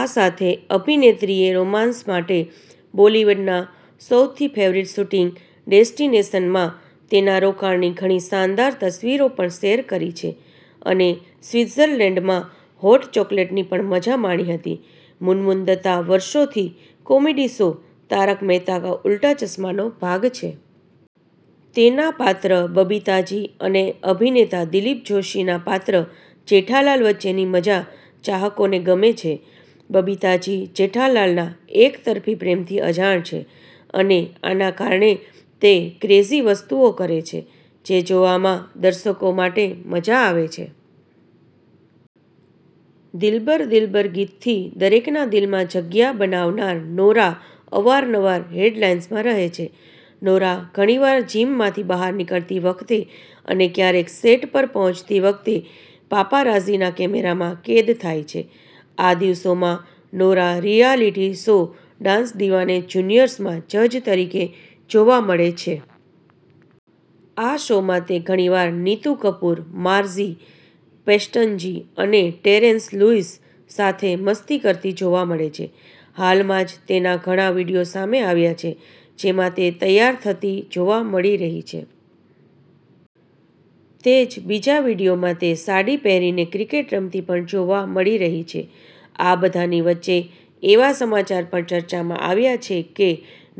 આ સાથે અભિનેત્રીએ રોમાન્સ માટે બોલિવૂડના સૌથી ફેવરિટ શૂટિંગ ડેસ્ટિનેશનમાં તેના રોકાણની ઘણી શાનદાર તસવીરો પણ શેર કરી છે. અને સ્વિત્ઝર્લેન્ડમાં હોટ ચોકલેટની પણ મજા માણી હતી. મુનમુન દત્તા વર્ષોથી કોમેડી શો 'તારક મહેતા કા ઉલ્ટા ચશ્મા'નો ભાગ છે. તેના પાત્ર બબીતા જી અને અભિનેતા દિલીપ જોશીના પાત્ર જેઠાલાલ વચ્ચેની મજા ચાહકોને ગમે છે. બબીતા જી જેઠાલાલના એકતરફી પ્રેમથી અજાણ છે અને આના કારણે તે ક્રેઝી વસ્તુઓ કરે છે, જે જોવામાં દર્શકો માટે મજા આવે છે. દિલબર દિલબર ગીતથી દરેકના દિલમાં જગ્યા બનાવનાર નોરા અવારનવાર હેડલાઈન્સમાં રહે છે. નોરા ઘણીવાર જીમમાંથી બહાર નીકળતી વખતે અને ક્યારેક સેટ પર પહોંચતી વખતે પાપારાઝીના કેમેરામાં કેદ થાય છે. આ દિવસોમાં Nora reality show dance Deewane જુનિયર્સમાં જજ તરીકે જોવા મળે છે. આ શોમાં તે ઘણીવાર નીતુ કપૂર, માર્ઝી પેસ્ટનજી અને ટેરેન્સ લુઈસ સાથે મસ્તી કરતી જોવા મળે છે. હાલમાં જ તેના ઘણા વીડિયો સામે આવ્યા છે જેમાં તે તૈયાર થતી જોવા મળી રહી છે. તે જ બીજા વીડિયોમાં તે સાડી પહેરીને ક્રિકેટ રમતી પણ જોવા મળી રહી છે. આ બધાની વચ્ચે એવા સમાચાર પણ ચર્ચામાં આવ્યા છે કે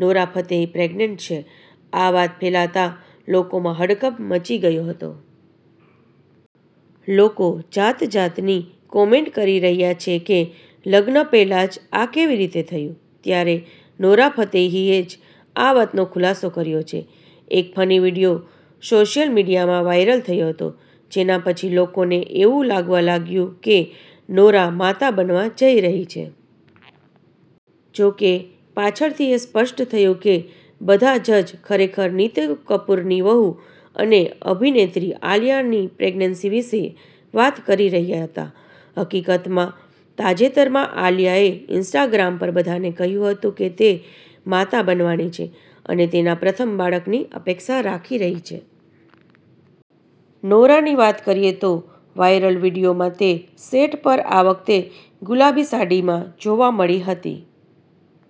નોરા ફતેહી પ્રેગ્નેન્ટ છે. આ વાત ફેલાતા લોકોમાં હડકંપ મચી ગયો હતો. લોકો જાત જાતની કોમેન્ટ કરી રહ્યા છે, કે લગ્ન પહેલા જ આ કેવી રીતે થયું? ત્યારે નોરા ફતેહીએ જ આ વાતનો ખુલાસો કર્યો છે. એક ફની વિડીયો સોશિયલ મીડિયામાં વાયરલ થયો હતો, જેના પછી લોકોને એવું લાગવા લાગ્યું કે નોરા માતા બનવા જઈ રહી છે. જોકે, પાછળથી એ સ્પષ્ટ થયું કે બધા જજ ખરેખર નીતુ કપૂરની વહુ અને અભિનેત્રી આલિયાની પ્રેગ્નન્સી વિશે વાત કરી રહ્યા હતા. હકીકતમાં, તાજેતરમાં આલિયાએ ઇન્સ્ટાગ્રામ પર બધાને કહ્યું હતું કે તે માતા બનવાની છે અને તેના પ્રથમ બાળકની અપેક્ષા રાખી રહી છે. નોરાની વાત કરીએ તો વાયરલ વિડીયોમાં તે સેટ પર આ વખતે ગુલાબી સાડીમાં જોવા મળી હતી.